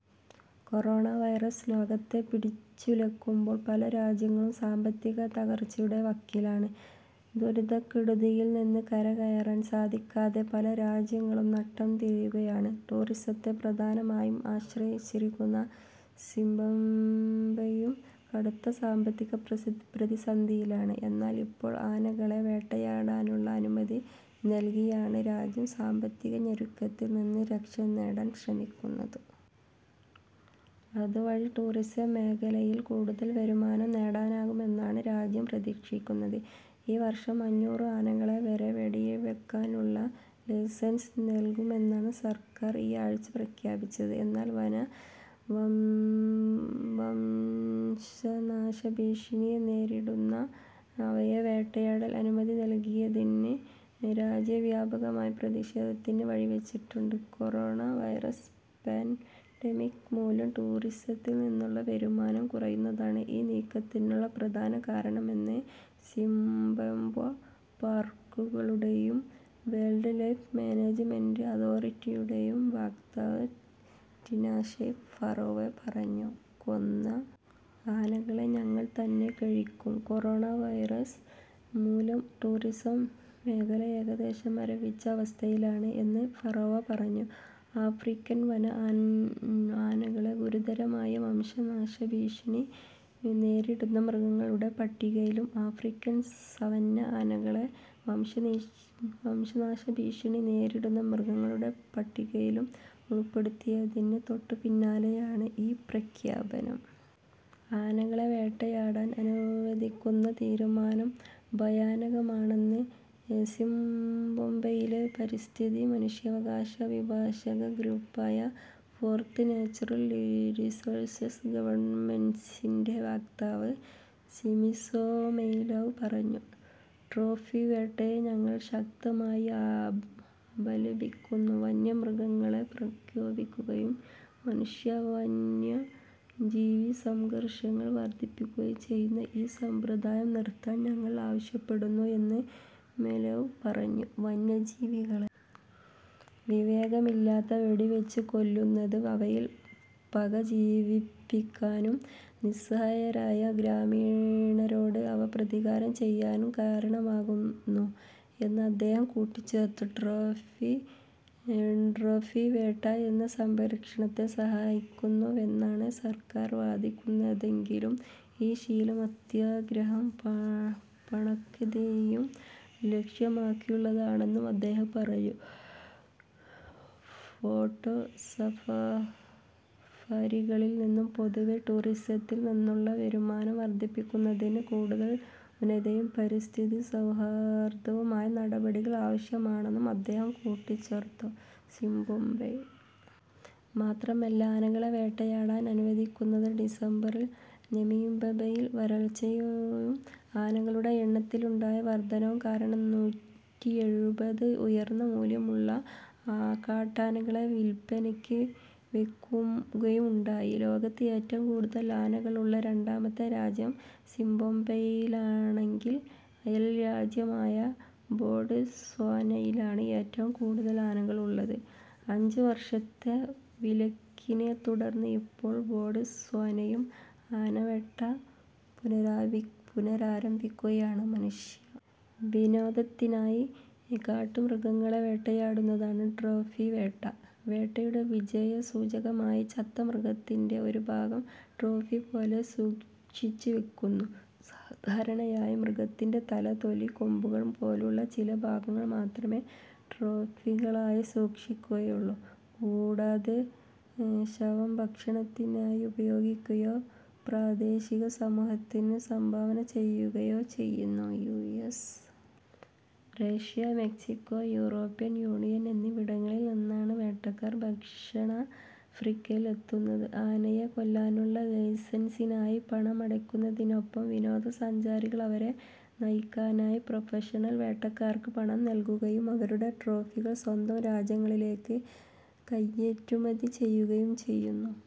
Corona virus ലോകത്തെ പിടിച്ചുലക്കുമ്പോൾ പല രാജ്യങ്ങളും സാമ്പത്തിക തകർച്ചയുടെ വക്കിലാണ്. ദുരിതക്കെടുതിയിൽ നിന്ന് കരകയറാൻ സാധിക്കാതെ പല രാജ്യങ്ങളും നട്ടംതിരിയുകയാണ്. ടൂറിസത്തെ പ്രധാനമായും ആശ്രയിച്ചിരുന്ന സിംബാബ്വെയും കടുത്ത സാമ്പത്തിക പ്രതിസന്ധിയിലാണ്. എന്നാൽ, ഇപ്പോൾ ആനകളെ വേട്ടയാടാനുള്ള അനുമതി നൽകിയാണ് രാജ്യം സാമ്പത്തിക ഞെരുക്കത്തിൽ നിന്ന് രക്ഷനേടാൻ ശ്രമിക്കുന്നത്. അതുവഴി ടൂറിസം മേഖലയിൽ കൂടുതൽ വരുമാനം നേടാനാകുമെന്നാണ് രാജ്യം പ്രതീക്ഷിക്കുന്നത്.ഈ വർഷം അഞ്ഞൂറ് ആനകളെ വരെ വെടിവയ്ക്കാനുള്ള ലൈസൻസ് നൽകുമെന്നാണ് സർക്കാർ ഈ ആഴ്ച പ്രഖ്യാപിച്ചത്. എന്നാൽ, വംശനാശഭീഷണി നേരിടുന്ന അവയെ വേട്ടയാടാൻ അനുമതി നൽകിയത് രാജ്യവ്യാപകമായ പ്രതിഷേധത്തിന് വഴിവച്ചിട്ടുണ്ട്. കൊറോണ വൈറസ് പാൻഡെമിക് മൂലം ടൂറിസത്തിൽ നിന്നുള്ള വരുമാനം കുറയുന്നതാണ് ഈ നീക്കത്തിനുള്ള പ്രധാന കാരണമെന്ന് സിംബാബ്വെ പാർക്കുകളുടെയും വൈൽഡ്‌ലൈഫ് മാനേജ്മെന്റ് അതോറിറ്റിയുടെയും വക്താവ് ടിനാഷെ ഫറാവോ പറഞ്ഞു. കൊന്ന ആനകളെ ഞങ്ങൾ തന്നെ കഴിക്കും. കൊറോണ വൈറസ് മൂലം ടൂറിസം മേഖല ഏകദേശം മരവിച്ച അവസ്ഥയിലാണ് എന്ന് ഫറാവോ പറഞ്ഞു. ആഫ്രിക്കൻ വന ആനകളെ ഗുരുതരമായ വംശനാശഭീഷണി നേരിടുന്ന മൃഗങ്ങളുടെ പട്ടികയിലും ആഫ്രിക്കൻ സവന്ന ആനകളെ വംശനാശഭീഷണി നേരിടുന്ന മൃഗങ്ങളുടെ പട്ടികയിലും ഉൾപ്പെടുത്തിയതിന് തൊട്ടുപിന്നാലെയാണ് ഈ പ്രഖ്യാപനം. ആനകളെ വേട്ടയാടാൻ അനുവദിക്കുന്ന തീരുമാനം ഭയാനകമാണെന്ന് സിംബാബ്വെയിലെ പരിസ്ഥിതി മനുഷ്യാവകാശ അഭിഭാഷക ഗ്രൂപ്പായ ഫോർത്ത് നാച്ചുറൽ റിസോഴ്സ് ഗവേണൻസിന്റെ വക്താവ് സിമിസോ മെലേവ് പറഞ്ഞു. ട്രോഫി വേട്ടയെ ഞങ്ങൾ ശക്തമായി അപലപിക്കുന്നു. വന്യമൃഗങ്ങളെ പ്രകോപിപ്പിക്കുകയും മനുഷ്യ വന്യജീവി സംഘർഷങ്ങൾ വർധിപ്പിക്കുകയും ചെയ്യുന്ന ഈ സമ്പ്രദായം നിർത്താൻ ഞങ്ങൾ ആവശ്യപ്പെടുന്നു എന്ന് മെലേവ് പറഞ്ഞു. വന്യജീവികളെ വിവേകമില്ലാതെ വെടിവച്ചുകൊല്ലുന്നത് അവയിൽ പക ജനിപ്പിക്കാനും നിസ്സഹായരായ ഗ്രാമീണരോട് അവ പ്രതികാരം ചെയ്യാനും കാരണമാകുന്നു എന്ന് അദ്ദേഹം കൂട്ടിച്ചേർത്തു. ട്രോഫി വേട്ട എന്നത് സംരക്ഷണത്തെ സഹായിക്കുന്നുവെന്നാണ് സർക്കാർ വാദിക്കുന്നതെങ്കിലും ഈ ശീലം അത്യാഗ്രഹവും പണക്കൊതിയും ലക്ഷ്യമാക്കിയുള്ളതാണെന്നും അദ്ദേഹം പറഞ്ഞു. ഫോട്ടോ സഫാരികളിൽ നിന്നും പൊതുവേ ടൂറിസത്തിൽ നിന്നുമുള്ള വരുമാനം വർധിപ്പിക്കുന്നതിന് കൂടുതൽ നൂതനവും പരിസ്ഥിതി സൗഹൃദവുമായ നടപടികൾ ആവശ്യമാണെന്നും അദ്ദേഹം കൂട്ടിച്ചേർത്തു. സിംബാബ്വെ മാത്രമല്ല ആനകളെ വേട്ടയാടാൻ അനുവദിക്കുന്നത്. ഡിസംബറിൽ നമീബിയയിൽ വരൾച്ചയും ആനകളുടെ എണ്ണത്തിലുണ്ടായ വർധനയും കാരണം നൂറ്റിയെഴുപത് ഉയർന്ന മൂല്യമുള്ള കാട്ടാനകളെ വിൽപ്പനയ്ക്ക് വയ്ക്കുകയുണ്ടായി. ലോകത്ത് ഏറ്റവും കൂടുതൽ ആനകളുള്ള രണ്ടാമത്തെ രാജ്യം സിംബാബ്വെയാണെങ്കിൽ അയൽരാജ്യമായ ബോട്സ്വാനയിലാണ് ഏറ്റവും കൂടുതൽ ആനകളുള്ളത്. അഞ്ചുവർഷത്തെ വിലക്കിനെത്തുടർന്ന് ഇപ്പോൾ ബോട്സ്വാനയും ആന വേട്ട പുനരാരംഭിക്കുകയാണ്. മനുഷ്യ വിനോദത്തിനായി കാട്ടുമൃഗങ്ങളെ വേട്ടയാടുന്നതാണ് ട്രോഫി വേട്ട. വേട്ടയുടെ വിജയസൂചകമായി ചത്ത മൃഗത്തിന്റെ ഒരു ഭാഗം ട്രോഫിപോലെ സൂക്ഷിച്ചുവയ്ക്കുന്നു. സാധാരണയായി മൃഗത്തിന്റെ തല, തൊലി, കൊമ്പുകൾ പോലുള്ള ചില ഭാഗങ്ങൾ മാത്രമേ ട്രോഫികളായി സൂക്ഷിക്കുകയുള്ളൂ. കൂടാതെ ശവം ഭക്ഷണത്തിനായി ഉപയോഗിക്കുകയോ പ്രാദേശിക സമൂഹത്തിന് സംഭാവന ചെയ്യുകയോ ചെയ്യുന്നു. US, Russia, Mexico, European Union എന്നിവിടങ്ങളിൽ നിന്നാണ് വേട്ടക്കാർ ദക്ഷിണാഫ്രിക്കയിൽ എത്തുന്നത്. ആനയെ കൊല്ലാനുള്ള ലൈസൻസിനായി പണമടയ്ക്കുന്നതിനൊപ്പം വിനോദസഞ്ചാരികൾ അവരെ നയിക്കാനായി പ്രൊഫഷണൽ വേട്ടക്കാർക്ക് പണം നൽകുകയും അവരുടെ ട്രോഫികൾ സ്വന്തം രാജ്യങ്ങളിലേക്ക് കയറ്റുമതി ചെയ്യുകയും ചെയ്യുന്നു.